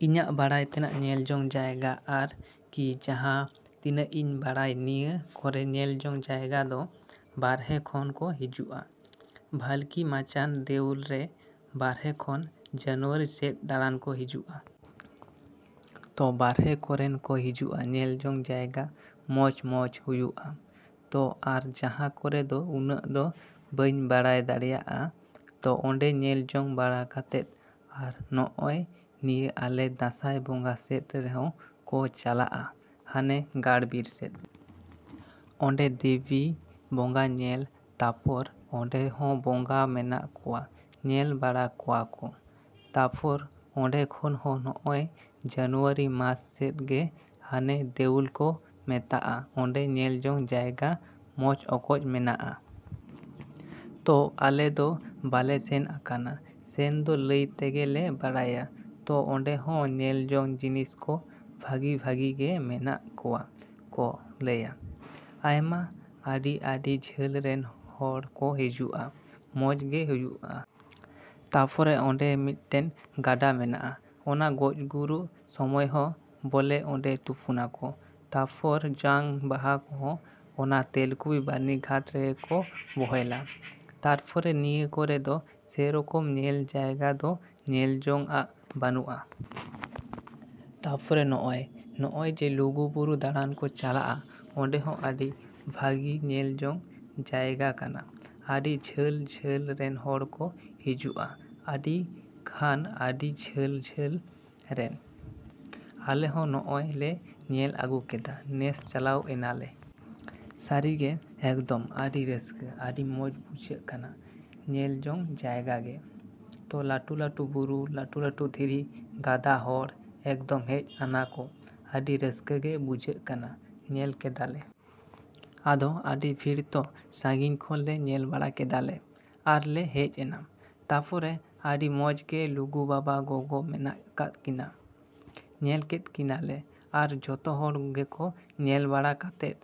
ᱤᱧᱟᱹᱜ ᱵᱟᱲᱟᱭ ᱛᱮᱱᱟᱜ ᱧᱮᱞ ᱡᱚᱝ ᱡᱟᱭᱜᱟ ᱟᱨ ᱠᱤ ᱡᱟᱦᱟᱸ ᱛᱤᱱᱟᱹᱜ ᱤᱧ ᱵᱟᱲᱟᱭ ᱱᱤᱭᱟᱹ ᱠᱚᱨᱮ ᱧᱮᱞ ᱡᱚᱝ ᱡᱟᱭᱜᱟ ᱫᱚ ᱵᱟᱨᱦᱮ ᱠᱷᱚᱱ ᱠᱚ ᱦᱤᱡᱩᱜᱼᱟ᱾ ᱵᱷᱟᱹᱞᱠᱤ ᱢᱟᱪᱟᱱ ᱫᱮᱣᱩᱞ ᱨᱮ ᱵᱟᱨᱦᱮ ᱠᱷᱚᱱ ᱡᱟᱱᱩᱣᱟᱨᱤ ᱥᱮᱫ ᱫᱟᱬᱟᱱ ᱠᱚ ᱦᱤᱡᱩᱜᱼᱟ᱾ ᱛᱚ ᱵᱟᱨᱦᱮ ᱠᱚᱨᱮᱱ ᱠᱚ ᱦᱤᱡᱩᱜᱼᱟ ᱧᱮᱞ ᱡᱚᱝ ᱡᱟᱭᱜᱟ ᱢᱚᱡᱽᱼᱢᱚᱡᱽ ᱦᱩᱭᱩᱜᱼᱟ᱾ ᱛᱚ ᱟᱨ ᱡᱟᱦᱟᱸ ᱠᱚᱨᱮ ᱫᱚ ᱩᱱᱟᱹᱜ ᱫᱚ ᱵᱟᱹᱧ ᱵᱟᱲᱟᱭ ᱫᱟᱲᱮᱭᱟᱜᱼᱟ᱾ ᱛᱚ ᱚᱸᱰᱮ ᱧᱮᱞ ᱡᱚᱝ ᱵᱟᱲᱟ ᱠᱟᱛᱮᱫ ᱟᱨᱚ ᱱᱚᱜᱼᱚᱭ ᱱᱤᱭᱟᱹ ᱟᱞᱮ ᱫᱟᱸᱥᱟᱭ ᱵᱚᱸᱜᱟ ᱥᱮᱫ ᱨᱮᱦᱚᱸ ᱠᱚ ᱪᱟᱞᱟᱜᱼᱟ ᱦᱟᱱᱮ ᱜᱟᱲ ᱵᱤᱨ ᱥᱮᱫ᱾ ᱚᱸᱰᱮ ᱫᱤᱵᱤ ᱵᱚᱸᱜᱟ ᱧᱮᱞ ᱛᱟᱯᱚᱨ ᱚᱸᱰᱮ ᱦᱚᱸ ᱵᱚᱸᱜᱟ ᱢᱮᱱᱟᱜ ᱠᱚᱣᱟ ᱧᱮᱞ ᱵᱟᱲᱟ ᱠᱚᱣᱟ ᱠᱚ᱾ ᱛᱟᱯᱚᱨ ᱚᱸᱰᱮ ᱠᱷᱚᱱ ᱦᱚᱸ ᱱᱚᱜᱼᱚᱭ ᱡᱟᱱᱩᱣᱟᱨᱤ ᱢᱟᱥ ᱥᱮᱫ ᱜᱮ ᱦᱟᱱᱮ ᱫᱮᱣᱩᱞ ᱠᱚ ᱢᱮᱛᱟᱜᱼᱟ ᱚᱸᱰᱮ ᱧᱮᱞ ᱡᱚᱝ ᱡᱟᱭᱜᱟ ᱢᱚᱡᱽ ᱚᱠᱚᱡ ᱢᱮᱱᱟᱜᱼᱟ᱾ ᱛᱚ ᱟᱞᱮ ᱫᱚ ᱵᱟᱞᱮ ᱥᱮᱱ ᱟᱠᱟᱱᱟ ᱥᱮᱱ ᱫᱚ ᱞᱟᱹᱭ ᱛᱮᱜᱮ ᱞᱮ ᱵᱟᱲᱟᱭᱟ᱾ ᱛᱚ ᱚᱸᱰᱮ ᱦᱚᱸ ᱧᱮᱞ ᱡᱚᱝ ᱡᱤᱱᱤᱥ ᱠᱚ ᱵᱷᱟᱹᱜᱤ ᱵᱷᱟᱹᱜᱤ ᱜᱮ ᱢᱮᱱᱟᱜ ᱠᱚᱣᱟ ᱠᱚ ᱞᱟᱹᱭᱟ᱾ ᱟᱭᱢᱟ ᱟᱹᱰᱤ ᱟᱹᱰᱤ ᱡᱷᱟᱹᱞ ᱨᱮᱱ ᱦᱚᱲ ᱠᱚ ᱦᱤᱡᱩᱜᱼᱟ ᱢᱚᱡᱽ ᱜᱮ ᱦᱩᱭᱩᱜᱼᱟ᱾ ᱛᱟᱯᱚᱨᱮ ᱚᱸᱰᱮ ᱢᱤᱫᱴᱮᱱ ᱜᱟᱰᱟ ᱢᱮᱱᱟᱜᱼᱟ ᱚᱱᱟ ᱜᱚᱡ ᱜᱩᱨᱩᱜ ᱥᱚᱢᱚᱭ ᱦᱚᱸ ᱵᱚᱞᱮ ᱚᱸᱰᱮ ᱛᱩᱯᱩᱱᱟᱠᱚ ᱛᱟᱯᱚᱨ ᱡᱟᱝ ᱵᱟᱦᱟ ᱠᱚᱦᱚᱸ ᱚᱱᱟ ᱛᱮᱞ ᱠᱩᱯᱤ ᱵᱟᱹᱨᱱᱤ ᱜᱷᱟᱴ ᱨᱮᱜᱮ ᱠᱚ ᱵᱚᱦᱮᱞᱟ᱾ ᱛᱟᱨᱯᱚᱨᱮ ᱱᱤᱭᱟᱹ ᱠᱚᱨᱮ ᱫᱚ ᱥᱮ ᱨᱚᱠᱚᱢ ᱧᱮᱞ ᱡᱟᱭᱜᱟ ᱫᱚ ᱧᱮᱞ ᱡᱚᱝᱼᱟᱜ ᱵᱟᱹᱱᱩᱜᱼᱟ᱾ ᱛᱟᱯᱚᱨᱮ ᱱᱚᱜᱼᱚᱭ ᱱᱚᱜᱼᱚᱭ ᱡᱮ ᱞᱩᱜᱩ ᱵᱩᱨᱩ ᱫᱟᱲᱟᱱ ᱠᱚ ᱪᱟᱞᱟᱜᱼᱟ ᱚᱸᱰᱮ ᱦᱚᱸ ᱟᱹᱰᱤ ᱵᱷᱟᱹᱜᱤ ᱧᱮᱞ ᱡᱚᱝ ᱡᱟᱭᱜᱟ ᱠᱟᱱᱟ᱾ ᱟᱹᱰᱤ ᱡᱷᱟᱹᱞ ᱡᱷᱟᱹᱞ ᱨᱮᱱ ᱦᱚᱲ ᱠᱚ ᱦᱤᱡᱩᱜᱼᱟ ᱟᱹᱰᱤ ᱠᱷᱟᱱ ᱟᱹᱰᱤ ᱡᱷᱟᱹᱞ ᱡᱷᱟᱹᱞ ᱨᱮᱱ᱾ ᱟᱞᱮ ᱦᱚᱸ ᱱᱚᱜᱼᱚᱭ ᱞᱮ ᱧᱮᱞ ᱟᱹᱜᱩ ᱠᱮᱫᱟ ᱱᱮᱥ ᱪᱟᱞᱟᱣ ᱮᱱᱟ ᱞᱮ᱾ ᱥᱟᱹᱨᱤ ᱜᱮ ᱮᱠᱫᱚᱢ ᱟᱹᱰᱤ ᱨᱟᱹᱥᱠᱟᱹ ᱟᱹᱰᱤ ᱢᱚᱡᱽ ᱵᱩᱡᱷᱟᱹᱜ ᱠᱟᱱᱟ ᱧᱮᱞ ᱡᱚᱝ ᱡᱟᱭᱜᱟ ᱜᱮ᱾ ᱛᱚ ᱞᱟᱹᱴᱩ ᱞᱟᱹᱴᱩ ᱵᱩᱨᱩ ᱞᱟᱹᱴᱩ ᱞᱟᱹᱴᱩ ᱫᱷᱤᱨᱤ ᱜᱟᱫᱟ ᱦᱚᱲ ᱮᱠᱫᱚᱢ ᱦᱮᱡ ᱟᱱᱟᱠᱚ ᱟᱹᱰᱤ ᱨᱟᱹᱥᱠᱟᱹ ᱜᱮ ᱵᱩᱡᱷᱟᱹᱜ ᱠᱟᱱᱟ ᱧᱮᱞ ᱠᱮᱫᱟ ᱞᱮ᱾ ᱟᱫᱚ ᱟᱹᱰᱤ ᱵᱷᱤᱲ ᱛᱚ ᱥᱟᱺᱜᱤᱧ ᱠᱷᱚᱱ ᱞᱮ ᱧᱮᱞ ᱵᱟᱲᱟ ᱠᱮᱫᱟ ᱞᱮ ᱟᱨ ᱞᱮ ᱦᱮᱡ ᱮᱱᱟ᱾ ᱛᱟᱯᱚᱨᱮ ᱟᱹᱰᱤ ᱢᱚᱡᱽ ᱜᱮ ᱞᱩᱜᱩ ᱵᱟᱵᱟ ᱜᱚᱜᱚ ᱢᱮᱱᱟᱜ ᱟᱠᱟᱜ ᱠᱤᱱᱟᱹ ᱧᱮᱞ ᱠᱮᱫ ᱠᱤᱱᱟᱹ ᱞᱮ᱾ ᱟᱨ ᱡᱚᱛᱚ ᱦᱚᱲ ᱜᱮᱠᱚ ᱧᱮᱞ ᱵᱟᱲᱟ ᱠᱟᱛᱮᱫ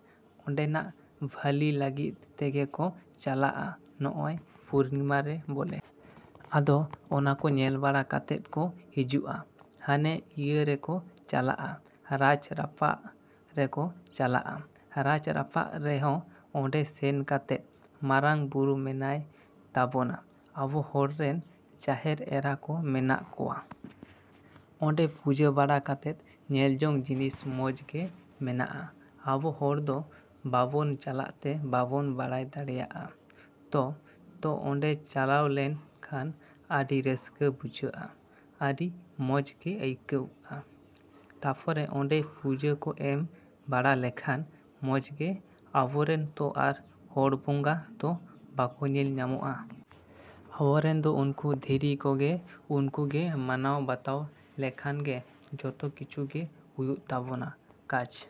ᱚᱸᱰᱮᱱᱟᱜ ᱵᱷᱟᱹᱞᱤ ᱞᱟᱹᱜᱤᱫ ᱛᱮᱜᱮ ᱠᱚ ᱪᱟᱞᱟᱜᱼᱟ ᱱᱚᱜᱼᱚᱭ ᱯᱩᱨᱱᱤᱢᱟ ᱨᱮ ᱵᱚᱞᱮ᱾ ᱟᱫᱚ ᱚᱱᱟ ᱠᱚ ᱧᱮᱞ ᱵᱟᱲᱟ ᱠᱟᱛᱮᱫ ᱠᱚ ᱦᱤᱡᱩᱜᱼᱟ ᱦᱟᱱᱮ ᱤᱭᱟᱹ ᱨᱮᱠᱚ ᱪᱟᱞᱟᱜᱼᱟ ᱨᱟᱡᱽ ᱨᱟᱯᱟᱜ ᱨᱮᱠᱚ ᱪᱟᱞᱟᱜᱼᱟ᱾ ᱨᱟᱡᱽ ᱨᱟᱯᱟᱜ ᱨᱮᱦᱚᱸ ᱚᱸᱰᱮ ᱥᱮᱱ ᱠᱟᱛᱮᱫ ᱢᱟᱨᱟᱝ ᱵᱩᱨᱩ ᱢᱮᱱᱟᱭ ᱛᱟᱵᱚᱱᱟ ᱟᱵᱚ ᱦᱚᱲ ᱨᱮᱱ ᱡᱟᱦᱮᱨ ᱮᱨᱟ ᱠᱚ ᱢᱮᱱᱟᱜ ᱠᱚᱣᱟ᱾ ᱚᱸᱰᱮ ᱯᱩᱡᱟᱹ ᱵᱟᱲᱟ ᱠᱟᱛᱮᱫ ᱧᱮᱞ ᱡᱚᱝ ᱡᱤᱱᱤᱥ ᱢᱚᱡᱽ ᱜᱮ ᱢᱮᱱᱟᱜᱼᱟ᱾ ᱟᱵᱚ ᱦᱚᱲ ᱫᱚ ᱵᱟᱵᱚᱱ ᱪᱟᱞᱟᱜ ᱛᱮ ᱵᱟᱵᱚᱱ ᱵᱟᱲᱟᱭ ᱫᱟᱲᱮᱭᱟᱜᱼᱟ᱾ ᱛᱚ ᱛᱚ ᱚᱸᱰᱮ ᱪᱟᱞᱟᱣ ᱞᱮᱱ ᱠᱷᱟᱱ ᱟᱹᱰᱤ ᱨᱟᱹᱥᱠᱟᱹ ᱵᱩᱡᱷᱟᱹᱜᱼᱟ ᱟᱹᱰᱤ ᱢᱚᱡᱽ ᱜᱮ ᱟᱹᱭᱠᱟᱹᱣᱜᱼᱟ᱾ ᱛᱟᱯᱚᱨᱮ ᱚᱸᱰᱮ ᱯᱩᱡᱟᱹ ᱠᱚ ᱮᱢ ᱵᱟᱲᱟ ᱞᱮᱠᱷᱟᱱ ᱢᱚᱡᱽ ᱜᱮ ᱟᱵᱚᱨᱮᱱ ᱛᱚ ᱟᱨ ᱦᱚᱲ ᱵᱚᱸᱜᱟ ᱫᱚ ᱵᱟᱠᱚ ᱧᱮᱞ ᱧᱟᱢᱚᱜᱼᱟ᱾ ᱟᱵᱚᱨᱮᱱ ᱫᱚ ᱩᱱᱠᱩ ᱫᱷᱤᱨᱤ ᱠᱚᱜᱮ ᱩᱱᱠᱩ ᱜᱮ ᱢᱟᱱᱟᱣ ᱵᱟᱛᱟᱣ ᱞᱮᱠᱷᱟᱱ ᱜᱮ ᱡᱚᱛᱚ ᱠᱤᱪᱷᱩ ᱜᱮ ᱦᱩᱭᱩᱜ ᱛᱟᱵᱚᱱᱟ ᱠᱟᱡᱽ᱾